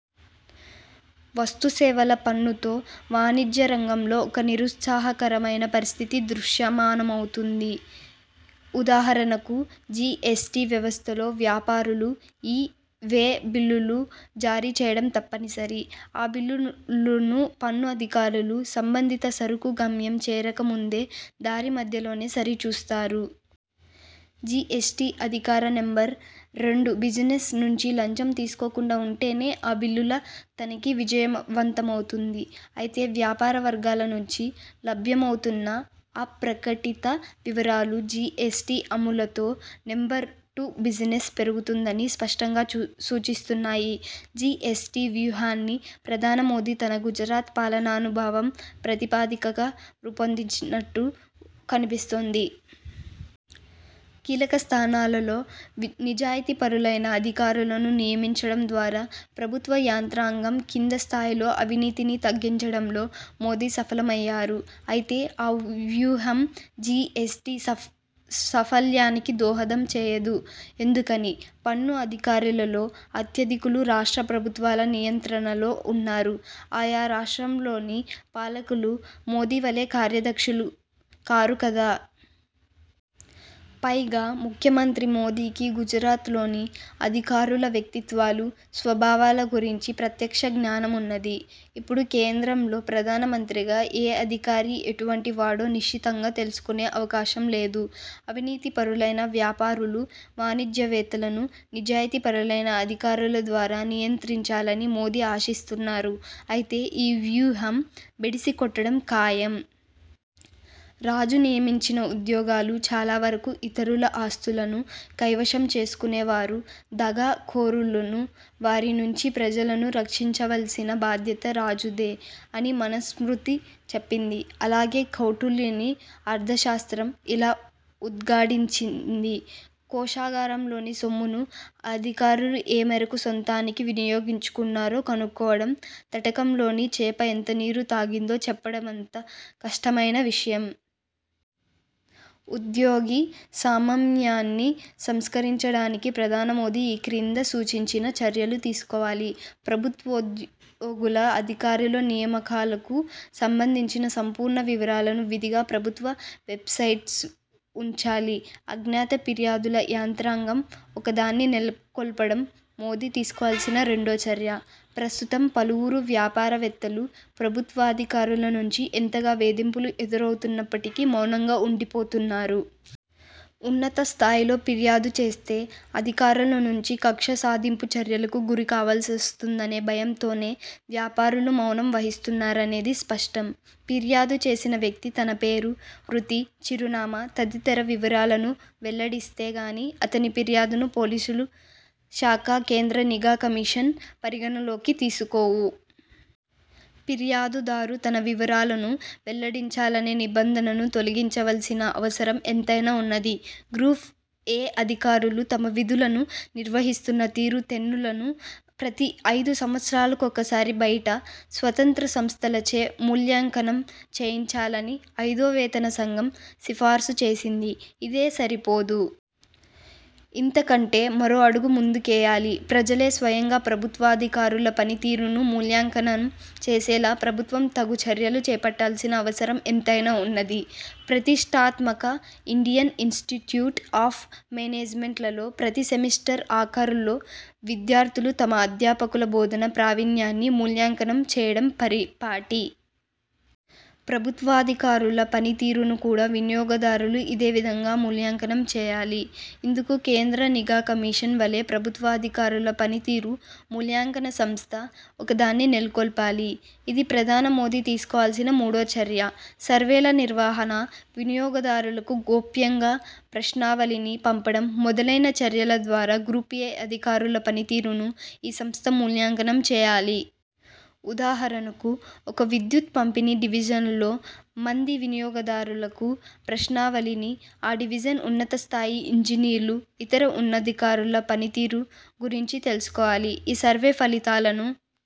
వస్తు సేవల పన్ను తో వాణిజ్య రంగంలో ఒక నిరుత్సాహకరమైన పరిస్థితి దృశ్యమానమవుతోంది. ఉదాహరణకు జీఎస్టీ వ్యవస్థలో వ్యాపారులు ఈ, వే బిల్లులు జారీ చేయడం తప్పనిసరి. ఆ బిల్లులను పన్ను అధికారులు సంబంధిత సరుకు గమ్యం చేరక ముందే దారి మధ్యలోనే సరి చూస్తారు. జీఎస్టీ అధికారి నెంబర్ రెండు బిజినెస్ నుంచి లంచం తీసుకోకుండా వుంటేనే ఆ బిల్లుల తనిఖీ విజయవంతమవుతుంది. అయితే వ్యాపార వర్గాల నుంచి లభ్యమవుతోన్న అప్రకటిత వివరాలు, జీఎస్టీ అమలుతో నెంబర్ టు బిజినెస్ పెరుగుతోందని స్పష్టంగా సూచిస్తున్నాయి. జీఎస్టీ వ్యూహాన్ని ప్రధాని మోదీ తన గుజరాత్ పాలనానుభవం ప్రాతిపదికగా రూపొందించినట్టు కన్పిస్తోంది. కీలక స్థానాలలలో నిజాయితీపరులైన అధికారులను నియమించడం ద్వారా ప్రభుత్వ యంత్రాంగం కింది స్థాయిలో అవినీతిని తగ్గించడంలో మోదీ సఫలమయ్యారు. అయితే ఆ వ్యూహం జీఎస్టీ సఫ్ సాఫల్యానికి దోహదం చేయదు. ఎందుకని? పన్ను అధికారులలో అత్యధికులు రాష్ట్ర ప్రభుత్వాల నియంత్రణలో వున్నారు. ఆయా రాష్ట్రంలోని పాలకులు మోదీ వలే కార్యదక్షులు కారు కదా. పైగా ముఖ్యమంత్రి మోదీకి గుజరాత్లోని అధికారుల వ్యక్తిత్వాలు, స్వభావాల గురించి ప్రత్యక్ష జ్ఞానమున్నది. ఇప్పుడు కేంద్రంలో ప్రధానమంత్రిగా ఏ అధికారి ఎటువంటి వాడో నిశితంగా తెలుసుకొనే అవకాశం లేదు. అవినీతిపరులైన వ్యాపారులు, వాణిజ్యవేత్తలను నిజాయితీపరులైన అధికారుల ద్వారా నియంత్రించాలని మోదీ ఆశిస్తున్నారు. అయితే ఈ వ్యూహం బెడిసి కొట్టడం ఖాయం. 'రాజు నియమించిన ఉద్యోగాలు చాలావరకు ఇతరుల ఆస్తులను కైవశం చేసుకొనేవారూ, దగా కోరులూనూ వారి నుంచి ప్రజలను రక్షించవలసిన బాధ్యత రాజుదే' అని మనుస్మృతి చెప్పింది. అలాగే కౌటిల్యుని 'అర్థశాస్త్రం' ఇలా ఉద్ఘాటించింది 'కోశాగారంలోని సొమ్మును అధికారులు ఏ మేరకు సొంతానికి వినియోగించుకున్నారో కనుక్కోవడం, తటకంలోని చేప ఎంత నీరు తాగిందో చెప్పడమంత కష్టమైన విషయం'. ఉద్యోగి స్వామ్యంని సంస్కరించడానికి ప్రధాని మోదీ ఈ క్రింద సూచించిన చర్యలు తీసుకోవాలి. ప్రభుత్వోద్యోగుల, అధికారుల నియామకాలకు సంబంధించిన సంపూర్ణ వివరాలను విధిగా ప్రభుత్వ వెబ్సైట్స్ వుంచాలి. అజ్ఞాత ఫిర్యాదుల యంత్రాంగం ఒకదాన్ని నెలకొల్పడం మోదీ తీసుకోవల్సిన రెండో చర్య. ప్రస్తుతం పలువురు వ్యాపార వేత్తలు ప్రభుత్వాధికారుల నుంచి ఎంతగా వేధింపులు ఎదురవుతున్నప్పటికీ మౌనంగా వుండిపోతున్నారు. ఉన్నత స్థాయిలో ఫిర్యాదు చేస్తే అధికారుల నుంచి కక్ష సాధింపు చర్యలకు గురి కావలసివస్తుందనే భయంతోనే వ్యాపారులు మౌనం వహిస్తున్నారనేది స్పష్టం. ఫిర్యాదు చేసిన వ్యక్తి తన పేరు, వృత్తి, చిరునామా తదితర వివరాలను వెల్లడిస్తే గానీ అతని ఫిర్యాదును పోలీసులు శాఖ, కేంద్ర నిఘా కమిషన్ పరిగణనలోకి తీసుకోవు. ఫిర్యాదు దారు తన వివరాలను వెల్లడించాలనే నిబంధనను తొలగించవల్సిన అవసరం ఎంతైనా వున్నది. గ్రూప్ 'ఏ' అధికారులు తమ విధులను నిర్వహిస్తున్న తీరు తెన్నులను ప్రతి ఐదు సంవత్సరాలకొకసారి బయట, స్వతంత్ర సంస్థలచే మూల్యాంకనం చేయించాలని ఐదో వేతన సంఘం సిఫారసు చేసింది. ఇదే సరిపోదు. ఇంతకంటే మరో అడుగు ముందుకేయాలి. ప్రజలే స్వయంగా ప్రభుత్వాధికారుల పని తీరును మూల్యాంకంనం చేసేలా ప్రభుత్వం తగు చర్యలు చేపట్టాల్సిన అవసరం ఎంతైనా వున్నది. ప్రతిష్ఠాత్మక ఇండియన్ ఇన్స్టిట్యూట్ ఆఫ్ మేనేజ్మెంట్ లలో ప్రతి సెమిస్టర్ ఆఖరులో విద్యార్థులు తమ అధ్యాపకుల బోధనా ప్రావీణ్యాన్ని మూల్యాంకనం చేయడం పరిపాటి. ప్రభుత్వాధికారుల పనితీరును కూడా వినియోగదారులు ఇదే విధంగా మూల్యాంకనం చేయాలి. ఇందుకు కేంద్ర నిఘా కమిషన్ వలే 'ప్రభుత్వ అధికారుల పనితీరు మూల్యాంకన సంస్థ' ఒకదాన్ని నెలకొల్పాలి. ఇది, ప్రధాని మోదీ తీసుకోవల్సిన మూడో చర్య. సర్వేల నిర్వహణ, వినియోగదారులకు గోప్యంగా ప్రశ్నావళిని పంపడం మొదలైన చర్యల ద్వారా గ్రూప్ 'ఏ' అధికారుల పని తీరును ఈ సంస్థ మూల్యాంకనం చేయాలి. ఉదాహరణకు ఒక విద్యుత్ పంపిణీ డివిజన్లో మంది వినియోగదారులకు ప్రశ్నావళిని ఆ డివిజన్ ఉన్నతస్థాయి ఇంజనీర్లు, ఇతర ఉన్నతాధికారుల పనితీరు గురించి తెలుసుకోవాలి. ఈ సర్వే ఫలితాలను